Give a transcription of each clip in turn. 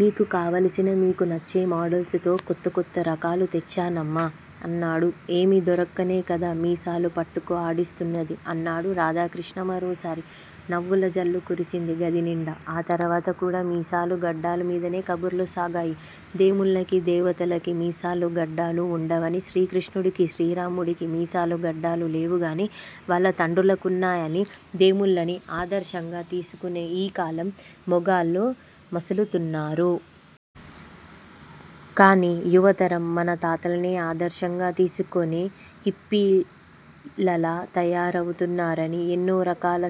మీకు కావలసిన మీకు నచ్చే మోడల్సుతో కొత్త కొత్త రకాలు తెచ్చానమ్మా! అన్నాడు. ఏమి దొరక్కనే కదా మీసాలు పట్టుకు ఆడిస్తున్నది? అన్నాడు రాధాకృష్ణ మరోసారి. నవ్వుల జల్లు కురిసింది గది నిండా. ఆ తర్వాత కూడా మీసాలు గడ్డాలు మీదనే కబుర్లు సాగాయి. దేముళ్ళకి దేవతలకి మీసాలు గడ్డాలు వుండవని శ్రీకృష్ణుడికి, శ్రీరాముడికి మీసాలు గడ్డాలు లేవుగాని వాళ్ళ తండ్రులకున్నాయని దేముళ్ళని ఆదర్శంగా తీసుకునే ఈ కాలం మగాళ్ళు మసులుతున్నారు. కాని యువతరం మన తాతలనే ఆదర్శంగా తీసుకుని హిప్పీలలా తయారవుతున్నారని ఎన్నో రకాల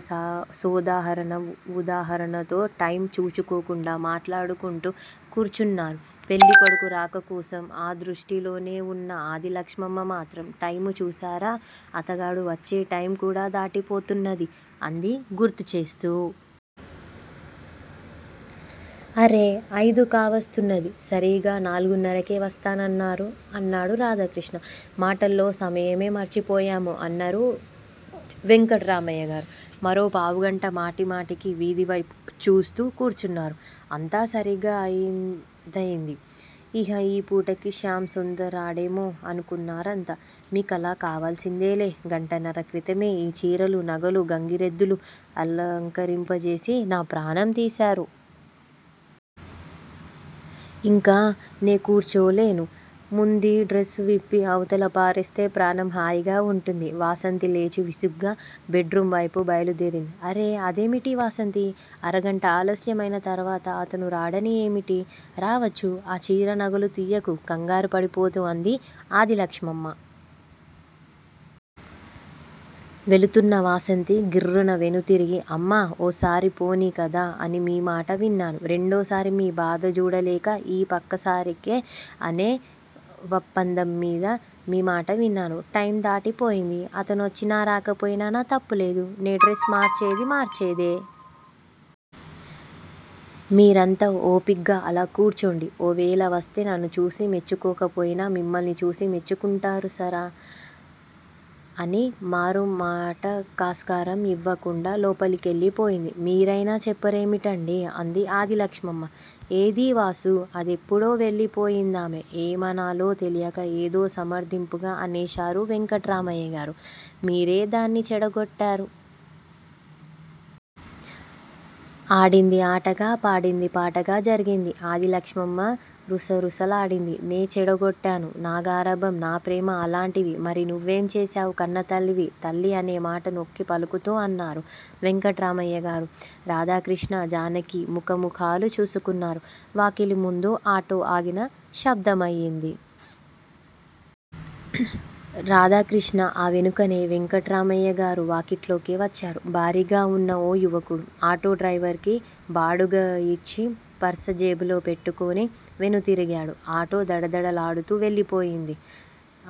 సోదాహరణ వుదాహరణతో టైమ్ చూచుకోకుండా మాట్లాడుకుంటూ కూర్చున్నారు. పెళ్లికొడుకు రాక కోసం ఆ దృష్టిలోనే వున్న ఆదిలక్ష్మమ్మ మాత్రం టైము చూశారా? అతగాడు వచ్చే టైమ్ కూడ దాటి పోతున్నది అంది గుర్తుచేస్తూ. అరె అయిదు కావస్తున్నది. సరీగా నాలుగున్నరకే వస్తానన్నారు. అన్నాడు రాధాకృష్ణ. మాటల్లో సమయమే మర్చిపోయాము అన్నారు వెంకట్రామయ్యగారు. మరో పావు గంట మాటి మాటికి వీధి వైపు జూస్తూ కూర్చున్నారు. అంతా సరీగ అయిదయింది. ఇహ ఈ పూటకి శ్యామ్ సుందర్ రాడేమో? అనుకున్నారంతా. మీకలా కావసిందేలే, గంటన్నర క్రితమే ఈ చీరలు నగలు గంగిరెద్దులు అలంకరింపజేసి నా ప్రాణం తీశారు. ఇంక నేకూర్చోలేను. ముందీ డ్రస్ విప్పి అవతల పారేస్తే ప్రాణం హాయిగా వుంటుంది. వాసంతి లేచి విసుగ్గా బెడ్ రూమ్ వైపు బయలుదేరింది. అరె అదేమిటే వాసంతీ? అరగంట ఆలస్యం అయిన తర్వాత అతను రాడని ఏమిటి? రావచ్చు ఆ చీర నగలు తియ్యకు కంగారు పడిపోతూ అంది ఆదిలక్ష్మమ్మ. వెళుతున్న వాసంతి గిర్రున వెనుతిరిగి అమ్మా ఓసారి పోనీ కదా అని మీ మాట విన్నాను. రెండోసారి మీ బాధ జూడలేక ఈ వక్కసారికే అనే వప్పందంమీద మీ మాట విన్నాను. టైమ్ దాటిపోయింది. అతనొచ్చినా రాకపోయినా నా తప్పులేదు. నే డ్రస్ మార్చేది మార్చేదే. మీరంతా ఓపిగ్గా అలా కూర్చోండి ఓవేళ వస్తే నన్ను చూసి మెచ్చుకోకపోయినా మిమ్మల్ని చూసి మెచ్చుకుంటారు సరా! అని మారు మాటకాస్కారం యివ్వకుండా లోపలికెళ్ళిపోయింది. మీరయినా చెప్పరేమిటండి? అంది ఆదిలక్ష్మమ్మ. ఏది వాసు? అదెప్పుడో వెళ్లిపోయిందామె? ఏమనాలో తెలియక ఏదో సమర్ధింపుగా అనేశారు వెంకట్రామయ్యగారు. మీరే దాన్ని చెడగొట్టారు. ఆడింది ఆటగా పాడింది పాటగా జరిగింది ఆదిలక్ష్మమ్మ రుసరుసలాడింది. నే చెడగొట్టాను. నా గారాభం నాప్రేమ అలాంటివి. మరి నువ్వేం చేశావ్, కన్నతల్లివి? తల్లి అనేమాట నొక్కి పలుకుతూ అన్నారు వెంకట్రామయ్య గారు. రాధాకృష్ణ, జానకి ముఖ ముఖాలు చూసుకున్నారు. వాకిలి ముందు ఆటో ఆగిన శబ్దమయింది. రాధాకృష్ణ ఆ వెనుకనే వెంకట్రామయ్య గారు వాకిట్లోకి వచ్చారు. భారీగా వున్న ఓ యువకుడు. ఆటో డ్రైవర్ కి బాడుగ యిచ్చి పర్స జేబులో పెట్టుకుని వెనుతిరిగాడు. ఆటో దడదడలాడుతూ వెళ్ళిపోయింది.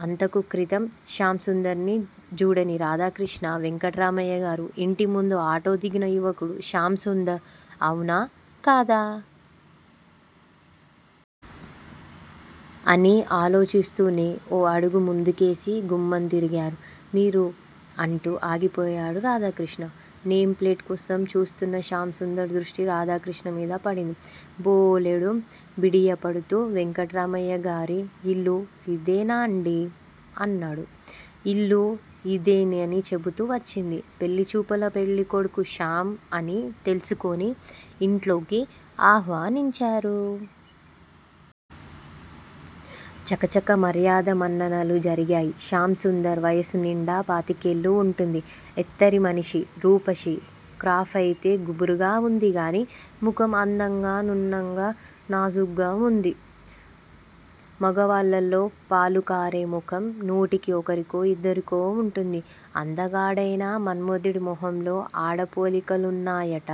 అంతకు క్రితం శ్యామ్ సుందర్ ని జూడని రాధాకృష్ణ వెంకట్రామయ్య గారు, ఇంటి ముందు ఆటో దిగిన యువకుడు శ్యామ్ సుందర్ అవునా కాదా! అని ఆలోచిస్తూనే ఓ అడుగు ముందుకేసి గుమ్మంది గారు. మీరు! అంటూ ఆగిపోయాడు రాధాకృష్ణ. నేమ్ ప్లేట్ కోసం చూస్తున్న శ్యామ్ సుందర్ దృష్టి రాధాకృష్ణ మీద పడింది. బోలెడు బిడియపడుతూ వెంకట్రామయ్యగారి యిల్లుయిదేనాండి! అన్నాడు. ఇల్లు యిదేనని చెపుతు వచ్చింది. పెళ్లిచూపుల పెళ్ళికొడుకు శ్యామ్ అని తెల్సుకుని ఇంట్లోకి ఆహ్వానించారు. చకచక మర్యాద మన్ననలు జరిగాయి. శ్యామ్ సుందర్ వయసు నిండా పాతికేళ్ళు వుంటుంది. ఎత్తరి మనిషి, రూపశి, క్రాఫయితే గుబురుగా వుందిగాని ముఖం అందంగా నున్నగా నాజూగ్గా వుంది. మగవాళ్ళల్లో పాలుకారే ముఖం నూటికి ఒకరికో యిద్దరికో వుంటుంది. అందగాడయిన మన్మధుడి మొహంలో ఆడ పోలికలున్నాయట.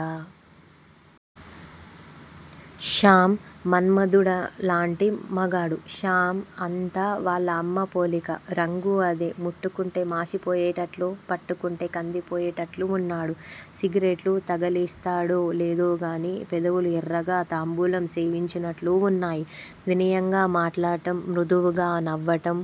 శ్యామ్ మన్మధుడిలాంటి మగాడు. శ్యామ్ అంతా వాళ్ళ అమ్మ పోలిక. రంగూ అదే. ముట్టుకుంటే మాశి పోయేటట్లు పట్టుకుంటే కందిపోయేటట్లు వున్నాడు. సిగరెట్లు తగలేస్తాడో లేదోగాని పెదవులు ఎర్రగా తాంబూలం సేవించినట్లు వున్నాయి. వినయంగా మాట్లాడటం మృదువుగా నవ్వటం